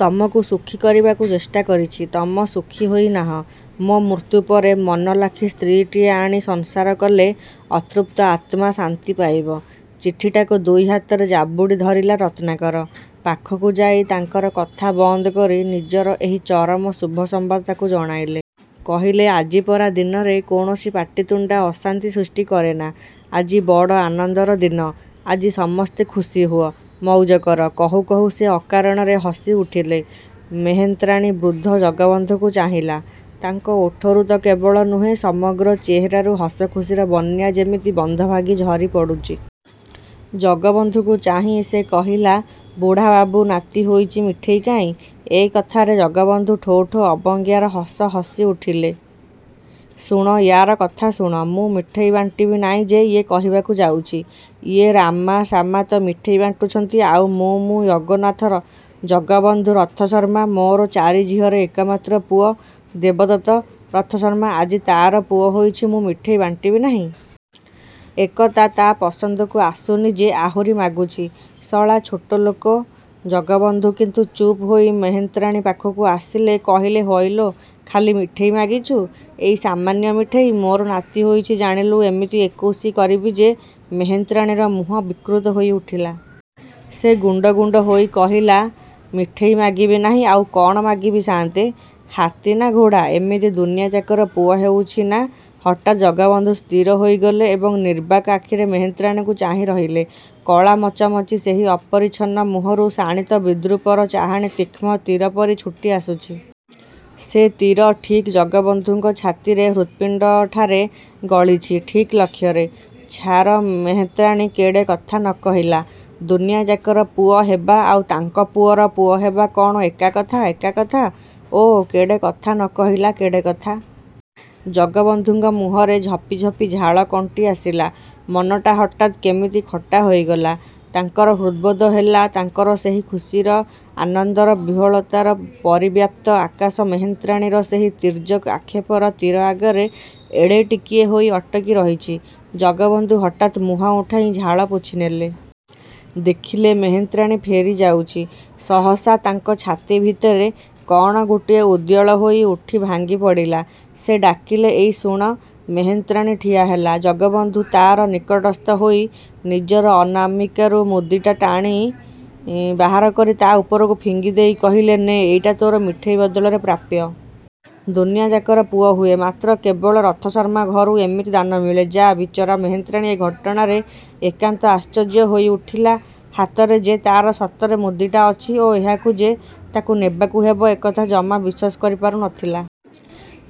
"ତମକୁ ସୁଖୀ କରିବାକୁ ଚେଷ୍ଟା କରିଚି, ତମ ସୁଖୀ ହୋଇନାହଁ, ମୋ ମୃତ୍ୟୁ ପରେ ମନଲାଖି ସ୍ତ୍ରୀଟିଏ ଆଣି ସଂସାର କଲେ, ଅତୃପ୍ତ ଆତ୍ମା ଶାନ୍ତି ପାଇବ।"ଚିଠିଟାକୁ ଦୁଇ ହାତରେ ଜାବୁଡ଼ି ଧରିଲା ରତ୍ନାକର। ପାଖକୁ ଯାଇ ତାଙ୍କର କଥା ବନ୍ଦକରି ନିଜର ଏହି ଚରମ ଶୁଭ ସମ୍ବାଦ ତାଙ୍କୁ ଜଣାଇଲେ। କହିଲେ, "ଆଜିପରା ଦିନରେ କୌଣସି ପାଟିତୁଣ୍ଡ, ଅଶାନ୍ତି ସୃଷ୍ଟି କରେନା। ଆଜି ବଡ଼ ଆନନ୍ଦର ଦିନ, ଆଜି ସମସ୍ତେ ଖୁସିହୁଅ, ମଉଜ କର।"କହୁ କହୁ ସେ ଅକାରଣେ ହସି ଉଠିଲେ। ମେହେନ୍ତ୍ରାଣୀ ବୃଦ୍ଧ ଜଗବନ୍ଧୁଙ୍କୁ ଚାହିଁଲା। ତାଙ୍କ ଓଠରୁ ତ କେବଳ ନୁହେଁ, ସମଗ୍ର ଚେହେରାରୁ ହସଖୁସିର ବନ୍ୟା ଯେମିତି ବନ୍ଧଭାଙ୍ଗି ଝରି ପଡ଼ୁଚି। ଜଗବନ୍ଧୁଙ୍କୁ ଚାହିଁ ସେ କହିଲା, "ବୁଢ଼ାବାବୁ, ନାତି ହୋଇଚି ମିଠେଇ କାହିଁ?" ଏ କଥାରେ ଜଗବନ୍ଧୁ ଠୋ ଠୋ ଅବଜ୍ଞାର ହସ ହସି ଉଠିଲେ। "ଶୁଣ, ୟା'ର କଥା ଶୁଣ। ମୁଁ ମିଠେଇ ବାଣ୍ଟିବି ନାଇଁ ଯେ, ୟେ କହିବାକୁ ଯାଉଚି। ୟେ ରାମା ଶାମା ତ ମିଠେଇ ବାଣ୍ଟୁଚନ୍ତି ଆଉ ମୁଁ ମୁଁ ଜଗନ୍ନାଥ ଜଗବନ୍ଧୁ ରଥଶର୍ମା ମୋର ଚାରି ଝିଅରେ ଏକମାତ୍ର ପୁଅ ଦେବଦତ୍ତ ରଥଶର୍ମା ଆଜି ତାର ପୁଅ ହୋଇଚି, ମୁଁ ମିଠେଇ ବାଣ୍ଟିବି ନାହିଁ? ଏକତା ତା' ପସନ୍ଦକୁ ଆସୁନି ଯେ, ଆହୁରି ମାଗୁଛି। ଶଳା ଛୋଟଲୋକ"ଜଗବନ୍ଧୁ କିନ୍ତୁ ଚୁପ୍ ହୋଇ ମେହେନ୍ତ୍ରାଣୀ ପାଖକୁ ଆସିଲେ କହିଲେ "ହଇଲୋ, ଖାଲି ମିଠେଇ ମାଗୁଚୁ? ଏଇ ସାମାନ୍ୟ ମିଠେଇ? ମୋର ନାତି ହୋଇଚି ଜାଣିଲୁ ଏମିତି ଏକୋଉଶି କରିବି ଯେ"ମେହେନ୍ତ୍ରାଣୀର ମୁହଁ ବିକୃତ ହୋଇ ଉଠିଲା। ସେ ଗୁଣ୍ଡ ଗୁଣ୍ଡ ହୋଇ କହିଲା, "ମିଠେଇ ମାଗିବି ନାହିଁ, ଆଉ କ'ଣ ମାଗିବି ସାନ୍ତେ? ହାତୀ ନା ଘୋଡ଼ା? ଏମିତି ଦୁନିଆଯାକର ପୁଅ ହେଉଛି ନାଆଁ" ହଠାତ୍ ଜଗବନ୍ଧୁ ସ୍ଥିର ହୋଇଗଲେ ଏବଂ ନିର୍ବାକ୍ ଆଖିରେ ମେହେନ୍ତ୍ରାଣୀକୁ ଚାହିଁ ରହିଲେ। କଳାମଚମଚି ସେହି ଅପରିଛନ୍ନ ମୁହଁରୁ ଶାଣିତ ବିଦ୍ରୂପର ଚାହାଣୀ ତୀକ୍ଷ୍ଣ ତୀରପରି ଛୁଟି ଆସୁଚି। ସେ ତୀର ଠିକ୍ ଜଗବନ୍ଧୁଙ୍କ ଛାତିରେ ହୃତ୍ପିଣ୍ଡଠାରେ ଗଳିଚି, ଠିକ୍ ଲକ୍ଷ୍ୟରେ। ଛାର ମେହେନ୍ତ୍ରାଣୀ, କେଡ଼େ କଥା ନ କହିଲା! ଦୁନିଆଯାକର ପୁଅ ହେବା ଆଉ ତାଙ୍କ ପୁଅର ପୁଅହେବା କଅଣ ଏକା କଥା? ଏକା କଥା? ଓଃ କେଡ଼େ କଥା ନ କହିଲା କେଡ଼େ କଥା। ଜଗବନ୍ଧୁଙ୍କ ମୁହଁରେ ଝପିଝପି ଝାଳ କଣ୍ଟି ଆସିଲା, ମନଟା ହଠାତ୍ କେମିତି ଖଟା ହୋଇଗଲା। ତାଙ୍କର ହୃଦବୋଧ ହେଲା, ତାଙ୍କର ସେହି ଖୁସିର, ଆନନ୍ଦର, ବିହ୍ୱଳତାର ପରିବ୍ୟାପ୍ତ ଆକାଶ ମେହେନ୍ତ୍ରାଣୀର ସେହି ତୀର୍ଯ୍ୟକ୍ ଆକ୍ଷେପର ତୀର ଆଗରେ ଏଡ଼େ ଟିକିଏ ହୋଇ ଅଟକି ରହିଚି। ଜଗବନ୍ଧୁ ହଠାତ୍ ମୁହଁ ଉଠାଇ ଝାଳ ପୋଛି ନେଲେ। ଦେଖିଲେ ମେହେନ୍ତ୍ରାଣୀ ଫେରି ଯାଉଚି। ସହସା ତାଙ୍କ ଛାତି ଭିତରେ କଣ ଗୋଟିଏ ଉଦ୍ବେଳ ହୋଇ ଉଠି ଭାଙ୍ଗି ପଡ଼ିଲା। ସେ ଡାକିଲେ, "ଏଇ ଶୁଣ୍।" ମେହେନ୍ତ୍ରାଣୀ ଠିଆ ହେଲା। ଜଗବନ୍ଧୁ ତାର ନିକଟସ୍ଥ ହୋଇ, ନିଜର ଅନାମିକାରୁ ମୁଦିଟା ଟାଣି ବାହାର କରି ତା' ଉପରକୁ ଫିଙ୍ଗି ଦେଇ କହିଲେ, "ନେ, ଏଇଟା ତୋର ମିଠେଇ ବଦଳରେ ପ୍ରାପ୍ୟ। ଦୁନିଆଯାକର ପୁଅ ହୁଏ, ମାତ୍ର କେବଳ ରଥଶର୍ମା ଘରୁ ଏମିତି ଦାନ ମିଳେ ଯାଃ" ବିଚରା ମେହେନ୍ତ୍ରାଣୀ ଏ ଘଟଣାରେ ଏକାନ୍ତ ଆଶ୍ଚର୍ଯ୍ୟ ହୋଇ ଉଠିଲା ହାତରେ ଯେ, ତାର ସତରେ ମୁଦିଟା ଅଛି ଓ ଏହାକୁ ଯେ, ତାକୁ ନେବାକୁ ହେବ ଏକଥା ସେ ଜମା ବିଶ୍ୱାସ କରିପାରୁ ନ ଥିଲା।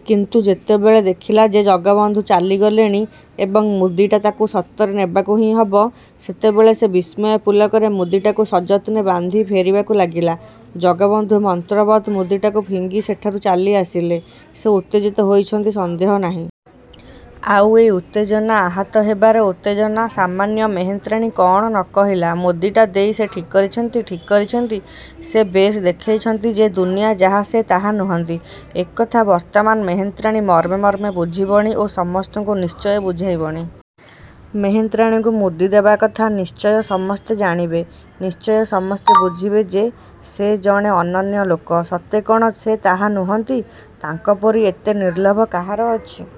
କିନ୍ତୁ ଯେତେବେଳେ ଦେଖିଲା ଯେ, ଜଗବନ୍ଧୁ ଚାଲିଗଲେଣି ଏବଂ ମୁଦିଟା ତାକୁ ସତରେ ନେବାକୁ ହିଁ ହେବ, ସେତେବେଳେ ସେ ବିସ୍ମୟ ପୁଲକରେ ମୁଦିଟାକୁ ସଯତ୍ନେ ବାନ୍ଧି ଫେରିବାକୁ ଲାଗିଲା। ଜଗବନ୍ଧୁ ମନ୍ତ୍ରବତ୍ ମୁଦିଟାକୁ ଫିଙ୍ଗି ସେଠାରୁ ଚାଲି ଆସିଲେ। ସେ ଉତ୍ତେଜିତ ହୋଇଛନ୍ତି, ସନ୍ଦେହ ନାହିଁ। ଆଉ ଏ ଉତ୍ତେଜନା ଆହତ ହେବାର ଉତ୍ତେଜନା। ସାମାନ୍ୟ ମେହେନ୍ତ୍ରାଣୀ କ'ଣ ନ କହିଲା? ମୁଦିଟା ଦେଇ ସେ ଠିକ୍ କରିଚନ୍ତି, ଠିକ୍ କରିଛନ୍ତି। ସେ ବେଶ୍ ଦେଖେଇଚନ୍ତି ଯେ, ଦୁନିଆ ଯାହା ସେ ତାହା ନୁହନ୍ତି, ଏକଥା ବର୍ତ୍ତମାନ ମେହେନ୍ତ୍ରାଣୀ ମର୍ମେ ମର୍ମେ ବୁଝିବଣି ଓ ସମସ୍ତଙ୍କୁ ନିଶ୍ଚୟ ବୁଝେଇବଣି। ମେହେନ୍ତ୍ରାଣୀକୁ ମୁଦି ଦେବା କଥା ନିଶ୍ଚୟ ସମସ୍ତେ ଜାଣିବେ। ନିଶ୍ଚୟ ସମସ୍ତେ ବୁଝିବେ ଯେ ସେ ଜଣେ ଅନନ୍ୟ ଲୋକ। ସତେ କ'ଣ ସେ ତାହା ନୁହନ୍ତି? ତାଙ୍କପରି ଏତେ ନିର୍ଲୋଭ କାହାର ଅଛି?